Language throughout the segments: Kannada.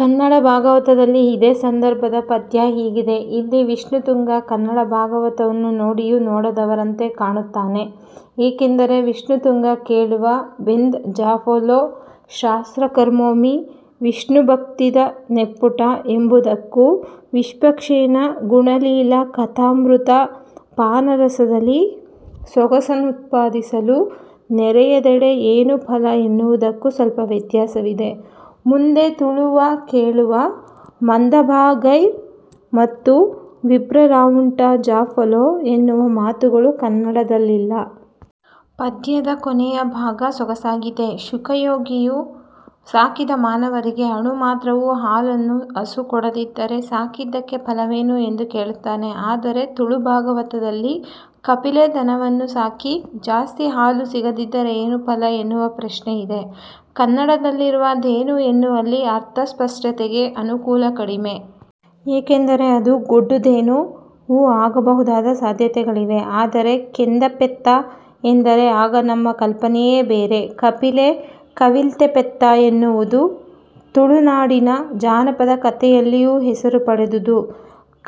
ಕನ್ನಡ ಭಾಗವತದಲ್ಲಿ ಇದೇ ಸಂದರ್ಭದ ಪದ್ಯ ಹೀಗಿದೆ. ಇಲ್ಲಿ ವಿಷ್ಣುತುಂಗ ಕನ್ನಡ ಭಾಗವತವನ್ನು ನೋಡಿಯೂ ನೋಡದವರಂತೆ ಕಾಣುತ್ತಾನೆ. ಏಕೆಂದರೆ ವಿಷ್ಣು ತುಂಗ ಕೇಳುವ 'ವೆಂದ್ ಜಾಫಲೊ ಶಾಸ್ತ್ರಕರ್ಮೊಮಿ ವಿಷ್ಣುಭಕ್ತಿದನೆಪ್ಪುಟಾ ಎಂಬುದಕ್ಕೂ ವಿಷ್ಪಕ್ಷೇನ ಗುಣಲೀಲಾ ಕಥಾಮೃತ ಪಾನರಸದಲಿ ಸೊಗಸನುತ್ಪಾದಿಸಲು ನೆರೆಯದೆಡೆ-ಏನು ಫಲ ಎನ್ನುವುದಕ್ಕೂ ಸ್ವಲ್ಪ ವ್ಯತ್ಯಾಸವಿದೆ. ಮುಂದೆ ತುಳುವ ಕೇಳುವ ಮಂದಭಾಗೈರ್ ಮತ್ತು ವಿಪ್ರೆರಾವುಂಟ ಜಾಫಲೋ ಎನ್ನುವ ಮಾತುಗಳು ಕನ್ನಡದಲ್ಲಿಲ್ಲ. ಪದ್ಯದ ಕೊನೆಯ ಭಾಗ ಸೊಗಸಾಗಿದೆ. ಶುಕಯೋಗಿಯು ಸಾಕಿದ ಮಾನವರಿಗೆ ಅಣು ಮಾತ್ರವೂ ಹಾಲನ್ನೂ ಹಸು ಕೊಡದಿದ್ದರೆ ಸಾಕಿದ್ದಕ್ಕೆ ಫಲವೇನು ಎಂದು ಕೇಳುತ್ತಾನೆ. ಆದರೆ ತುಳುಭಾಗವತದಲ್ಲಿ 'ಕಪಿಲೆ ದನವನ್ನು ಸಾಕಿ ಜಾಸ್ತಿ ಹಾಲು ಸಿಗದಿದ್ದರೆ ಏನು ಫಲ? ಎನ್ನುವ ಪ್ರಶ್ನೆಯಿದೆ. ಕನ್ನಡದಲ್ಲಿರುವ 'ಧೇನು' ಎನ್ನುವಲ್ಲಿ ಅರ್ಥ ಸ್ಪಷ್ಟತೆಗೆ ಅನುಕೂಲ ಕಡಿಮೆ. ಏಕೆಂದರೆ ಅದು 'ಗೊಡ್ಡುಧೇನು'ವೂ ಆಗಬಹುದಾದ ಸಾಧ್ಯತೆಗಳಿವೆ. ಆದರೆ 'ಕೆಂದ ಪೆತ್ತ' ಎಂದರೆ ಆಗ ನಮ್ಮ ಕಲ್ಪನೆಯೇ ಬೇರೆ 'ಕಪಿಲೆ', 'ಕವಿಲ್ತಿಪೆತ್ತ' ಎನ್ನುವುದು ತುಳುನಾಡಿನ ಜಾನಪದ ಕತೆಯಲ್ಲಿಯೂ ಹೆಸರು ಪಡೆದುದು.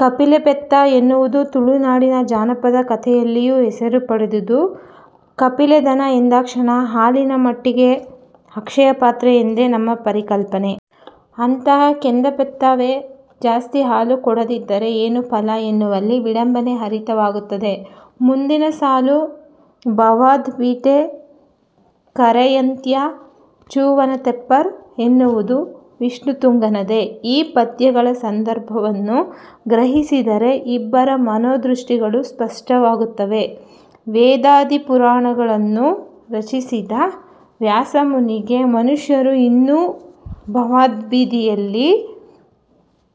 'ಕಪಿಲೆ ಪೆತ್ತ' ಎನ್ನುವುದು ತುಳುನಾಡಿನ ಜಾನಪದ ಕತೆಯಲ್ಲಿಯೂ ಹೆಸರು ಪಡೆದುದು. 'ಕಪಿಲೆದನ' ಎಂದಾಕ್ಷಣ ಹಾಲಿನ ಮಟ್ಟಿಗೆ ಅಕ್ಷಯಪಾತ್ರೆ ಎಂದೇ ನಮ್ಮ ಪರಿಕಲ್ಪನೆ. ಅಂತಹ 'ಕೆಂದ ಪೆತ್ತ' ವೇ ಜಾಸ್ತಿ ಹಾಲು ಕೊಡದಿದ್ದರೆ ಏನು ಫಲ? ಎನ್ನುವಲ್ಲಿ ವಿಡಂಬನೆ ಹರಿತವಾಗುತ್ತದೆ. ಮುಂದಿನ ಸಾಲು 'ಭವಾಬ್ದೀಟೇ ಕರೆಯಂತ್ಯ ಚೂವನತೇಪ್ಪರ್' ಎನ್ನುವುದೂ ವಿಷ್ಣುತುಂಗನದೇ. ಈ ಪದ್ಯಗಳ ಸಂದರ್ಭವನ್ನು ಗ್ರಹಿಸಿದರೆ ಇಬ್ಬರ ಮನೋದೃಷ್ಟಿಗಳು ಸ್ಪಷ್ಟವಾಗುತ್ತವೆ. ವೇದಾದಿಪುರಾಣಗಳನ್ನು ರಚಿಸಿದ ವ್ಯಾಸಮುನಿಗೆ ಮನುಷ್ಯರು ಇನ್ನೂ ಭವಾಬ್ಧಿಯಲ್ಲಿ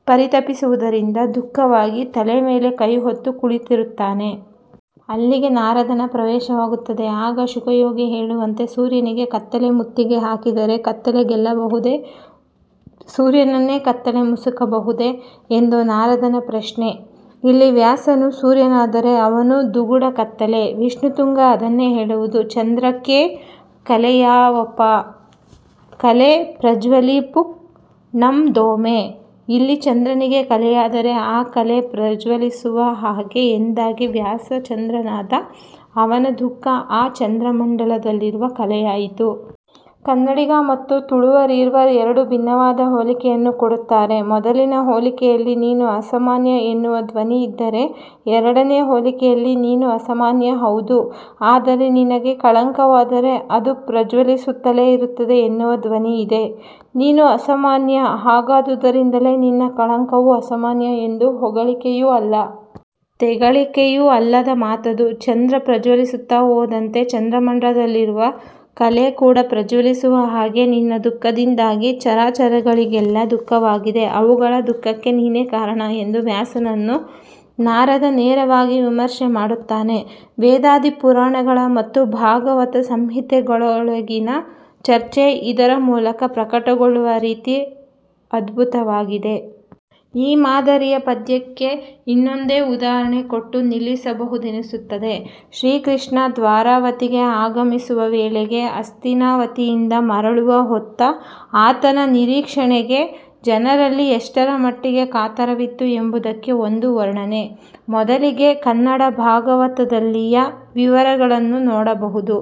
ಪರಿತಪಿಸುವುದರಿಂದ ದುಃಖವಾಗಿ ತಲೆ ಮೇಲೆ ಕೈ ಹೊತ್ತು ಕುಳಿತಿರುತ್ತಾನೆ. ಅಲ್ಲಿಗೆ ನಾರದನ ಪ್ರವೇಶವಾಗುತ್ತದೆ. ಆಗ ಶುಕಯೋಗಿ ಹೇಳುವಂತೆ 'ಸೂರ್ಯನಿಗೆ ಕತ್ತಲೆ ಮುತ್ತಿಗೆ ಹಾಕಿದರೆ ಕತ್ತಲೆ ಗೆಲ್ಲಬಹುದೋ''ಸೂರ್ಯನನ್ನೇ ಕತ್ತಲೆ ಮುಸುಕಬಹುದೇ ಎಂದು ನಾರದನ ಪ್ರಶ್ನೆ. ಇಲ್ಲಿ ವ್ಯಾಸನು ಸೂರ್ಯನಾದರೆ ಅವನು ದುಗುಡ ಕತ್ತಲೆ. ವಿಷ್ಣು ತುಂಗ ಅದನ್ನೇ ಹೇಳುವುದು ಚಂದ್ರಕೇ ಕಲೆಯಾವಪಾ ಕಲೆ ಪ್ರಜ್ವಲೀಪುಕ್ ಣಂದೊಮೆ' ಇಲ್ಲಿ ಚಂದ್ರನಿಗೇ ಕಲೆಯಾದರೆ ಆ ಕಲೆ ಪ್ರಜ್ವಲಿಸುವ ಹಾಗೆ ಎಂದಾಗಿ ವ್ಯಾಸ ಚಂದ್ರನಾದ ಅವನ ದುಃಖ ಆ ಚಂದ್ರಮಂಡದಲ್ಲಿರುವ ಕಲೆಯಾಯಿತು. ಕನ್ನಡಿಗ ಮತ್ತು ತುಳುವರೀರ್ವರು ಎರಡು ಭಿನ್ನವಾದ ಹೋಲಿಕೆಯನ್ನು ಕೊಡುತ್ತಾರೆ. ಮೊದಲಿನ ಹೋಲಿಕೆಯಲ್ಲಿ ನೀನು ಅಸಾಮಾನ್ಯ ಎನ್ನುವ ಧ್ವನಿಯಿದ್ದರೆ ಎರಡನೇ ಹೋಲಿಕೆಯಲ್ಲಿ ನೀನು ಅಸಾಮಾನ್ಯ ಹೌದು. ಆದರೆ ನಿನಗೆ ಕಳಂಕವಾದರೆ ಅದು ಪ್ರಜ್ವಲಿಸುತ್ತಲೇ ಇರುತ್ತದೆ ಎನ್ನುವ ಧ್ವನಿಯಿದೆ. ನೀನು ಅಸಾಮಾನ್ಯ, ಹಾಗಾದುದರಿಂದಲೇ ನಿನ್ನ ಕಳಂಕವೂ ಅಸಾಮಾನ್ಯ ಎಂದು ಹೊಗಳಿಕೆಯೂ ಅಲ್ಲ. ತೆಗಳಿಕೆಯೂ ಅಲ್ಲದ ಮಾತದು. ಚಂದ್ರ ಪ್ರಜ್ವಲಿಸುತ್ತಾ ಹೋದಂತೆ ಚಂದ್ರಮಂಡಲದಲ್ಲಿರುವ ಕಲೆ ಕೂಡಾ ಪ್ರಜ್ವಲಿಸುವ ಹಾಗೆ ನಿನ್ನ ದುಃಖದಿಂದಾಗಿ ಚರಾಚರಗಳಿಗೆಲ್ಲ ದುಃಖವಾಗಿದೆ. ಅವುಗಳ ದುಃಖಕ್ಕೆ ನೀನೇ ಕಾರಣ ಎಂದು ವ್ಯಾಸನನ್ನು ನಾರದ ನೇರವಾಗಿ ವಿಮರ್ಶೆ ಮಾಡುತ್ತಾನೆ. ವೇದಾದಿ ಪುರಾಣಗಳ ಮತ್ತು ಭಾಗವತ ಸಂಹಿತೆಗಳೊಳಗಿನ ಚರ್ಚೆ ಇದರ ಮೂಲಕ ಪ್ರಕಟಗೊಳ್ಳುವ ರೀತಿ ಅದ್ಭುತವಾಗಿದೆ. ಈ ಮಾದರಿಯ ಪದ್ಯಕ್ಕೆ ಇನ್ನೊಂದೇ ಉದಾಹರಣೆ ಕೊಟ್ಟು ನಿಲ್ಲಿಸಬಹುದೆನಿಸುತ್ತದೆ. ಶ್ರೀ ಕೃಷ್ಣ ದ್ವಾರಾವತಿಗೆ ಆಗಮಿಸುವ ವೇಳೆಗೆ ಹಸ್ತಿನಾವತಿಯಿಂದ ಮರಳುವ ಹೊತ್ತ ಆತನ ನಿರೀಕ್ಷಣೆಗೆ ಜನರಲ್ಲಿ ಎಷ್ಟರಮಟ್ಟಿಗೆ ಕಾತರವಿತ್ತು ಎಂಬುದಕ್ಕೆ ಒಂದು ವರ್ಣನೆ. ಮೊದಲಿಗೆ ಕನ್ನಡ ಭಾಗವತದಲ್ಲಿಯ ವಿವರಗಳನ್ನು ನೋಡಬಹುದು.